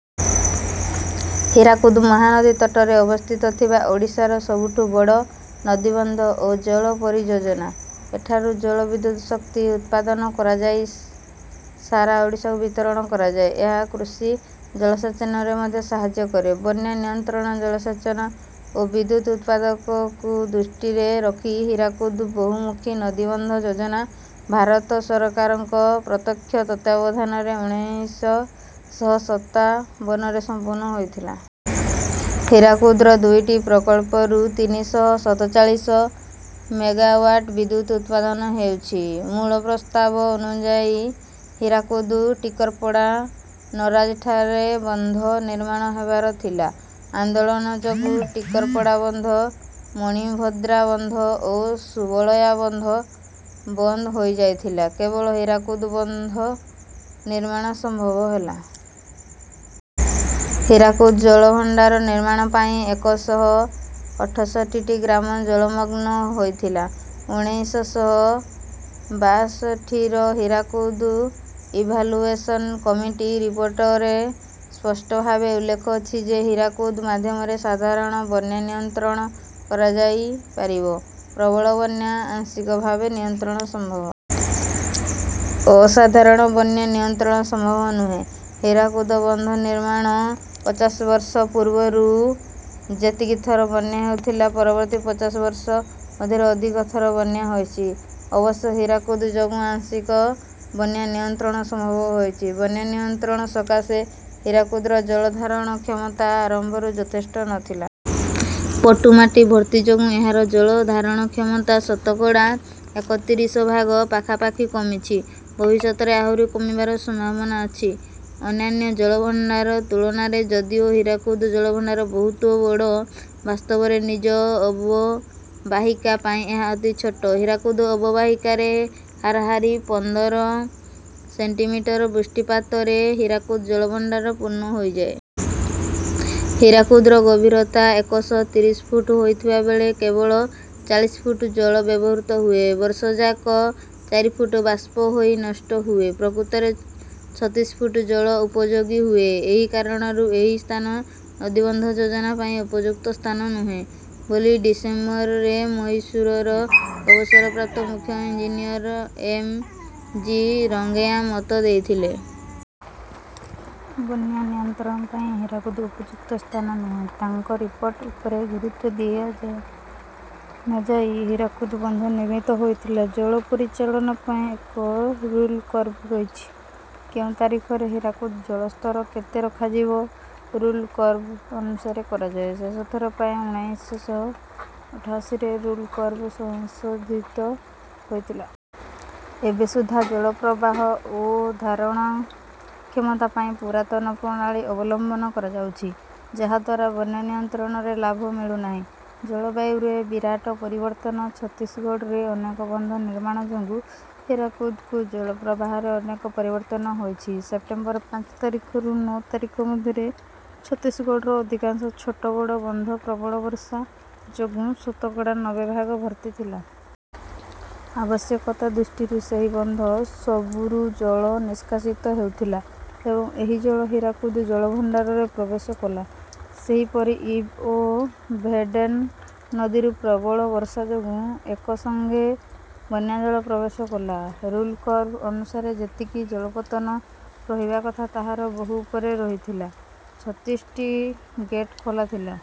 ହୀରାକୁଦ ମହାନଦୀ ତଟରେ ଅବସ୍ଥିତଥିବା ଓଡ଼ିଶାର ସବୁଠୁ ବଡ଼ ନଦୀବନ୍ଧ ଓ ଜଳ ପରିଯୋଜନା। ଏଠାରୁ ଜଳ ବିଦ୍ୟୁତ ଶକ୍ତି ଉତ୍ପାଦନ କରାଯାଇ ସାରା ଓଡ଼ିଶାକୁ ବିତରଣ କରାଯାଏ। ଏହା କୃଷି ଜଳସେଚନରେ ମଧ୍ୟ ସାହାଯ୍ୟ କରେ। ବନ୍ୟା ନିୟନ୍ତ୍ରଣ ଜଳସେଚନ ଓ ବିଦ୍ୟୁତ ଉତ୍ପାଦକକୁ ଦୃଷ୍ଟିରେ ରଖି ହୀରାକୁଦ ବହୁମୁଖୀ ନଦୀବନ୍ଧ ଯୋଜନା ଭାରତ ସରକାରଙ୍କ ପ୍ରତ୍ୟକ୍ଷ ତତ୍ତ୍ୱାବଧାନରେ ଉଣେଇଶ ଶହ ସତାବନରେ ସମ୍ପୂର୍ଣ୍ଣ ହୋଇଥିଲା। ହୀରାକୁଦର ଦୁଇଟି ପ୍ରକଳ୍ପରୁ ତିନି ଶହ ସତଚାଳିଶ ମେଗାୱାଟ ବିଦ୍ୟୁତ ଉତ୍ପାଦନ ହେଉଛି। ମୂଳ ପ୍ରସ୍ତାବ ଅନୁଯାୟୀ ହୀରାକୁଦ ଟିକରପଡା ନରାଜଠାରେ ବନ୍ଧ ନିର୍ମାଣ ହେବାର ଥିଲା। ଆନ୍ଦୋଳନ ଯୋଗୁଁ ଟିକରପଡ଼ା ବନ୍ଧ ମଣିଭଦ୍ରା ବନ୍ଧ ଓ ସୁବଳୟା ବନ୍ଧ ବନ୍ଦ ହୋଇଯାଇଥିଲା। କେବଳ ହୀରାକୁଦ ବନ୍ଧ ନିର୍ମାଣ ସମ୍ଭବ ହେଲା। ହୀରାକୁଦ ଜଳଭଣ୍ଡାର ନିର୍ମାଣ ପାଇଁ ଏକ ଶହ ଅଠଷଠିଟି ଗ୍ରାମ ଜଳମଗ୍ନ ହୋଇଥିଲା। ଉଣେଇଶ ଶହ ବାଷଠିର ହୀରାକୁଦ ଇଭାଲୁଏସନ କମିଟି ରିପୋର୍ଟରେ ସ୍ପଷ୍ଟଭାବେ ଉଲ୍ଲେଖ ଅଛି ଯେ ହୀରାକୁଦ ମାଧ୍ୟମରେ ସାଧାରଣ ବନ୍ୟା ନିୟନ୍ତ୍ରଣ କରାଯାଇପାରିବ। ପ୍ରବଳ ବନ୍ୟା ଆଂଶିକ ଭାବେ ନିୟନ୍ତ୍ରଣ ସମ୍ଭବ। ଅସାଧାରଣ ବନ୍ୟା ନିୟନ୍ତ୍ରଣ ସମ୍ଭବ ନୁହେଁ। ହୀରାକୁଦ ବନ୍ଧ ନିର୍ମାଣ ପଚାଶ ବର୍ଷ ପୂର୍ବରୁ ଯେତିକି ଥର ବନ୍ୟା ହେଉଥିଲା। ପରବର୍ତ୍ତୀ ପଚାଶ ବର୍ଷ ମଧ୍ୟରେ ଅଧିକ ଥର ବନ୍ୟା ହୋଇଛି। ଅବଶ୍ୟ ହୀରାକୁଦ ଯୋଗୁଁ ଆଂଶିକ ବନ୍ୟାନିୟନ୍ତ୍ରଣ ସମ୍ଭବ ହୋଇଛି। ବନ୍ୟାନିୟନ୍ତ୍ରଣ ସକାଶେ ହୀରାକୁଦର ଜଳ ଧାରଣ କ୍ଷମତା ଆରମ୍ଭରୁ ଯଥେଷ୍ଟ ନ ଥିଲା। ପଟୁମାଟି ଭର୍ତ୍ତି ଯୋଗୁଁ ଏହାର ଜଳ ଧାରଣ କ୍ଷମତା ଶତକଡା ଏକତିରିଶ ଭାଗ ପାଖାପାଖି କମିଛି। ଭବିଷ୍ୟତରେ ଆହୁରି କମିବାର ସମ୍ଭାବନା ଅଛି। ଅନ୍ୟାନ୍ୟ ଜଳଭଣ୍ଡାର ତୁଳନାରେ ଯଦିଓ ହୀରାକୁଦ ଜଳଭଣ୍ଡାର ବହୁତ ବଡ ବାସ୍ତବରେ ନିଜ ଅବବାହିକା ପାଇଁ ଏହା ଅତି ଛୋଟ। ହୀରାକୁଦ ଅବବାହିକାରେ ହାରାହାରି ପନ୍ଦର ସେଣ୍ଟିମିଟର ବୃଷ୍ଟିପାତରେ ହୀରାକୁଦ ଜଳଭଣ୍ଡାର ପୂର୍ଣ୍ଣ ହୋଇଯାଏ। ହୀରାକୁଦର ଗଭୀରତା ଏକ ଶହ ତିରିଶ ଫୁଟ ହୋଇଥିବାବେଳେ କେବଳ ଚାଳିଶ ଫୁଟ ଜଳ ବ୍ୟବହୃତ ହୁଏ। ବର୍ଷ ଯାକ ଚାରି ଫୁଟ ବାଷ୍ପ ହୋଇ ନଷ୍ଟ ହୁଏ। ପ୍ରକୃତରେ ଛତିଶ ଫୁଟ ଜଳ ଉପଯୋଗୀ ହୁଏ। ଏହି କାରଣରୁ ଏହି ସ୍ଥାନ ନଦୀବନ୍ଧ ଯୋଜନା ପାଇଁ ଉପଯୁକ୍ତ ସ୍ଥାନ ନୁହେଁ ବୋଲି ଡିସେମ୍ବରରେ ମହିଶୂରର ଅବସରପ୍ରାପ୍ତ ମୁଖ୍ୟ ଇଞ୍ଜିନିଅର ଏମ ଜି ରଙ୍ଗେୟା ମତ ଦେଇଥିଲେ। ବନ୍ୟା ନିୟନ୍ତ୍ରଣ ପାଇଁ ହୀରାକୁଦ ଉପଯୁକ୍ତ ସ୍ଥାନ ନୁହେଁ। ତାଙ୍କ ରିପୋର୍ଟ ଉପରେ ଗୁରୁତ୍ୱ ଦିଆନଯାଇ ହୀରାକୁଦ ବନ୍ଧ ନିର୍ମିତ ହୋଇଥିଲା। ଜଳ ପରିଚାଳନା ପାଇଁ ଏକ ରୁଲକର୍ଭ ରହିଛି। କେଉଁ ତାରିଖରେ ହୀରାକୁଦ ଜଳ ସ୍ତର କେତେ ରଖାଯିବ ରୁଲକର୍ଭ ଅନୁସାରେ କରାଯାଏ। ଶେଷଥର ପାଇଁ ଉଣେଇଶ ଶହ ଅଠାଅଶୀରେ ରୁଲକର୍ଭ ସଂଶୋଧିତ ହୋଇଥିଲା। ଏବେ ସୁଦ୍ଧା ଜଳ ପ୍ରବାହ ଓ ଧାରଣ କ୍ଷମତା ପାଇଁ ପୁରାତନ ପ୍ରଣାଳୀ ଅବଲମ୍ବନ କରାଯାଉଛି ଯାହାଦ୍ୱାରା ବନ୍ୟା ନିୟନ୍ତ୍ରଣରେ ଲାଭ ମିଳୁନାହିଁ। ଜଳବାୟୁରେ ବିରାଟ ପରିବର୍ତ୍ତନ ଛତିଶଗଡରେ ଅନେକ ବନ୍ଧ ନିର୍ମାଣ ଯୋଗୁଁ ହୀରାକୁଦକୁ ଜଳପ୍ରବାହରେ ଅନେକ ପରିବର୍ତ୍ତନ ହୋଇଛି। ସେପ୍ଟେମ୍ବର ପାଞ୍ଚ ତାରିଖରୁ ନଅ ତାରିଖ ମଧ୍ୟରେ ଛତିଶଗଡ଼ର ଅଧିକାଂଶ ଛୋଟ ବଡ ବନ୍ଧ ପ୍ରବଳ ବର୍ଷା ଯୋଗୁଁ ଶତକଡା ନବେ ଭାଗ ଭର୍ତ୍ତି ଥିଲା। ଆବଶ୍ୟକତା ଦୃଷ୍ଟିରୁ ସେହି ବନ୍ଧ ସବୁରୁ ଜଳ ନିଷ୍କାସିତ ହେଉଥିଲା। ଏବଂ ଏହି ଜଳ ହୀରାକୁଦ ଜଳଭଣ୍ଡାରରେ ପ୍ରବେଶ କଲା। ସେହିପରି ଇବ ଓ ଭେଡେନ ନଦୀରୁ ପ୍ରବଳ ବର୍ଷା ଯୋଗୁଁ ଏକ ସଙ୍ଗେ ବନ୍ୟା ଜଳ ପ୍ରବେଶ କଲା। ରୁଲକର୍ଭ ଅନୁସାରେ ଯେତିକି ଜଳପତ୍ତନ ରହିବା କଥା ତାହାର ବହୁ ଉପରେ ରହିଥିଲା। ଛତିଶଟି ଗେଟ ଖୋଲା ଥିଲା।